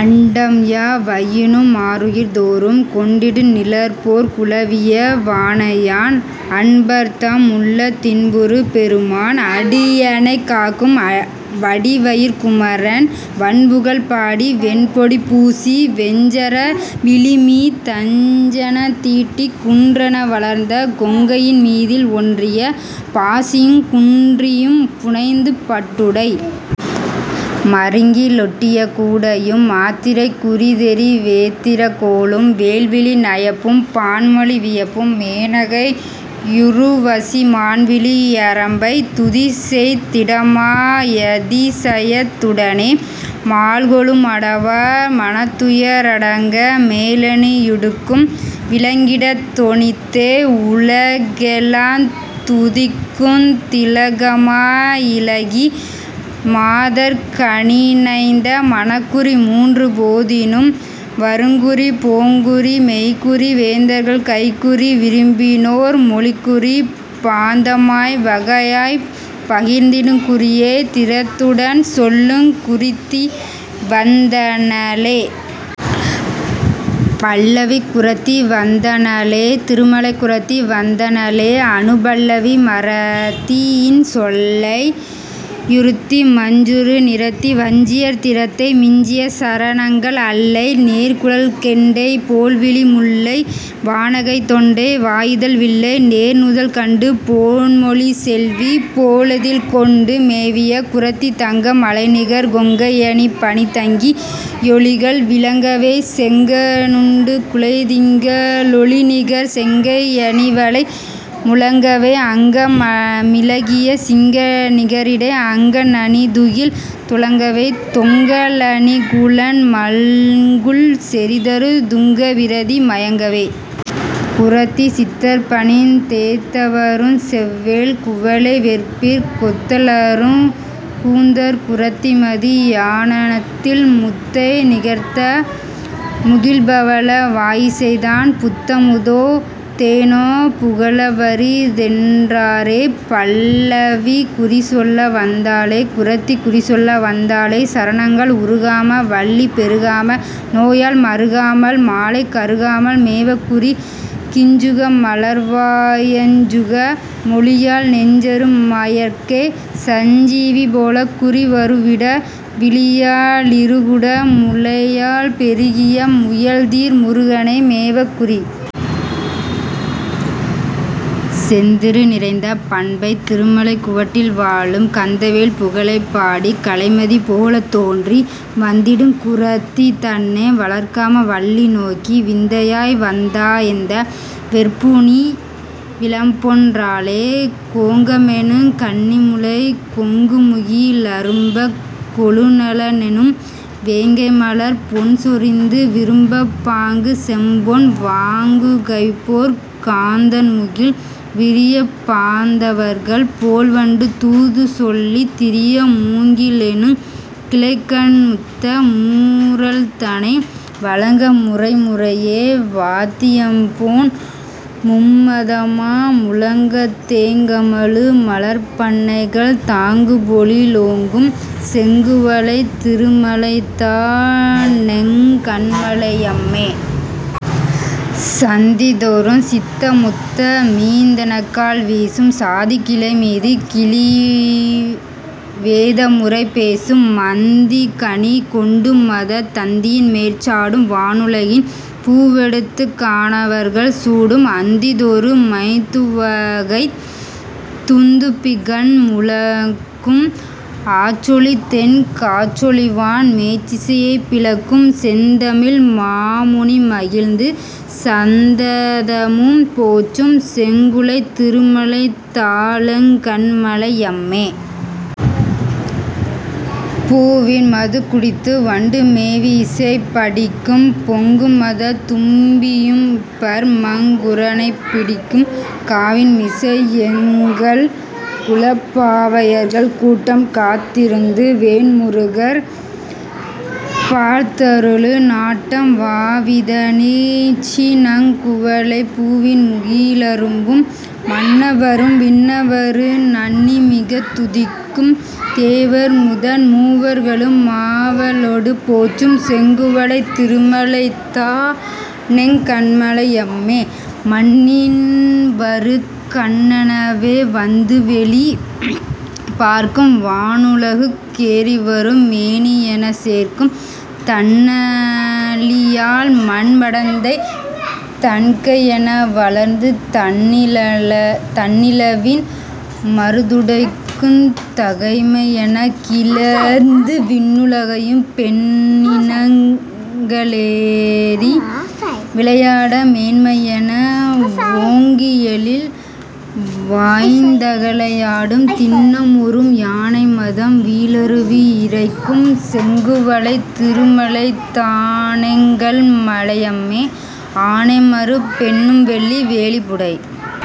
அண்டம்யா வையினு மாருயிர் தோறும் கொண்டிடு நிழற்போற் குலவிய வாணையான் அன்பர்தம் முள்ளத் தின்புறு பெருமான் அடியனைக் காக்கும் வடிவயிற் குமரன் வண்புகழ் பாடி வெண்பொடி பூசி வெஞ்சர விழிமீ தஞ்சனந் தீட்டிக் குன்றென வளர்ந்த கொங்கையின் மீதில் ஒன்றிய பாசியுங் குன்றியும் புனைந்து பட்டுடை மருங்கி லொட்டிய கூடையும் மாத்திரைக் குறிதெரி வேத்திரக் கோலும் வேல்விழி நயப்பும் பான்மொழி வியப்பும் மேனகை யுருவசி மான்விழி யரம்பை துதிசெயத் திடமா யதிசயத் துடனே மால்கொளு மடவார் மனத்துய ரடங்க மேலணி யுடுக்கும் விளங்கிடத் தொனித்தே உலகெலாந் துதிக்குந் திலகமா யிலகி மாதர்க ணினைந்த மனக்குறி மூன்று போதினும் வருங்குறி போங்குறி மெய்க்குறி வேந்தர்கள் கைக்குறி விரும்பினோர் மொழிக்குறி பாந்தமாய் வகையாய்ப் பகர்ந்திடுங் குறியே திறத்துடன் சொல்லுங் குறத்திவந் தனளே..... பல்லவி குறத்தி வந்தனளே திருமலைக் குறத்தி வந்தனளே அநுபல்லவி மறத்தி யின்சொலை யுறுத்தி மஞ்சுறு நிறத்தி வஞ்சியர் திறத்தை மிஞ்சிய சரணங்கள் அல்லை நேர்குழல் கெண்டை போல்விழி முல்லை வாணகை தொண்டை வாயிதழ் வில்லை நேர்நுதல் கண்டு போன்மொழி செல்வி போலெழில் கொண்டு மேவிய குறத்தி தங்க மலைநிகர் கொங்கை யணிபணி தங்கி யொளிகள் விளங்கவே செங்க ணடுகுழை திங்க ளொளிநிகர் செங்கை யணிவளை முழங்கவே அங்க மிலகிய சிங்க நிகரிடை அங்க ணணிதுகில் துலங்கவே தொங்க லணிகுழன் மங்குல் செறிதரு துங்க விரதி மயங்கவே. குறத்தி.... சித்தர்பணிந் தேத்தவருஞ் செவ்வேள் குவளைவெற்பிற் கொத்தலருங் கூந்தற் குறத்திமதி யானனத்தில் முத்தை நிகர்த்த முகிழ்ப்பவள வாயிசைதான் புத்தமுதோ தேனோ புகலவரி தென்றாரே..... பல்லவி குறிசொல்ல வந்தாளே குறத்தி குறிசொல்ல வந்தாளே சரணங்கள் உறுகாம வல்லி பெறுகாம நோயால் மறுகாமல் மாலை கருகாமல் மேவக் குறி கிஞ்சுக மலர்வா யஞ்சுக மொழியாள் நெஞ்சறு மயற்கே சஞ்சீவி போலக் குறி வருவிட விழியா ளிருகுட முலையாள் பெருகிய மயல்தீர் முருகனை மேவக் குறி.... செந்திரு நிறைந்த பண்பைத் திருமலைக் குவட்டில் வாழும் கந்தவேள் புகழைப் பாடிக் கலைமதி போலே தோன்றி வந்திடுங் குறத்தி தன்னை வளர்காம வல்லி நோக்கி விந்தையாய் வந்தா யெந்த வெற்புநீ விளம்பென் றாளே..... கோங்கமெனுங் கன்னிமுலைக்கொங்குமுகி ழரும்பக் கொழுநனெனும் வேங்கைமலர்ப் பொன்சொரிந்து விரும்பப் பாங்குசெம்பொன் வாங்குகைபோற் காந்தண்முகிழ் விரியப் பாந்தவர்கள் போல்வண்டு தூதுசொல்லித் திரிய மூங்கிலெனுங் கிளைகண்முத்த மூரல்தனை வழங்க முறைமுறையே வாத்தியம்போன் மும்மதமா முழங்கத் தேங்கமழு மலர்ப்பணைகள் தாங்குபொழி லோங்கும் செங்குவளைத் திருமலைதா னெங்கண்மலை யம்மே. சந்திதொறுஞ் சித்தமுத்த மீந்தெனக்கால் வீசும் சாதிகிளை மீதுகிளி வேதமுறை பேசும் மந்திகனி கொண்டுமத தந்தியின்மேற் சாடும் வானுலகின் பூவெடுத்துக் கானவர்கள் சூடும் அந்திதொறு மைந் துவகைத் துந்துபிகண் முழக்கும் ஆற்றொலிதென் காற்றொலிவான் மேற்றிசையைப் பிளக்கும் செந்தமிழ்மா முனிமகிழ்ந்து சந்ததமும் போற்றும் செங்குளைத் திருமலைதா ளெங்கண்மலை யம்மே. பூவின்மதுக் குடித்துவண்டு மேவியிசை படிக்கும் பொங்குமத தும்பியும்பர் மங்குறனைப் பிடிக்கும் காவின்மிசை யெங்கள்குலப் பாவையர்கள் கூட்டம் காத்திருந்து வேன்முருகர் பார்த்தருளு நாட்டம் வாவிதனிற் றினங்குவளைப் பூவின்முகி ழரும்பும் மண்ணவரும் விண்ணவரு நண்ணிமிகத் துதிக்கும் தேவர்முதன் மூவர்களு மாவலொடு போற்றும் செங்குவளைத் திருமலைதா னெங்கண்மலை யம்மே. மண்ணின்வரு கண்ணெனவே வந்துவௌி பார்க்கும் வானுலகுக் கேறிவரு மேணியெனச் சேர்க்கும் தண்ணளியால் மண்மடந்தை தன்கையென வளர்ந்து தண்ணிலவின் மறுத்துடைக்குந் தகைமையெனக் கிளர்ந்து விண்ணுலவும் பெண்ணினங்க ளேறிவிளையாட மேன்மையென வோங்கியெழில் வாய்ந்தகழை யாடும் திண்ணமுறும் யானைமதம் வீழருவி யிறைக்கும் செங்குவளைத் திருமலைதா னெங்கள்மலை யம்மே. ஆனைமருப் பென்னும்வெள்ளி வேலிபுடை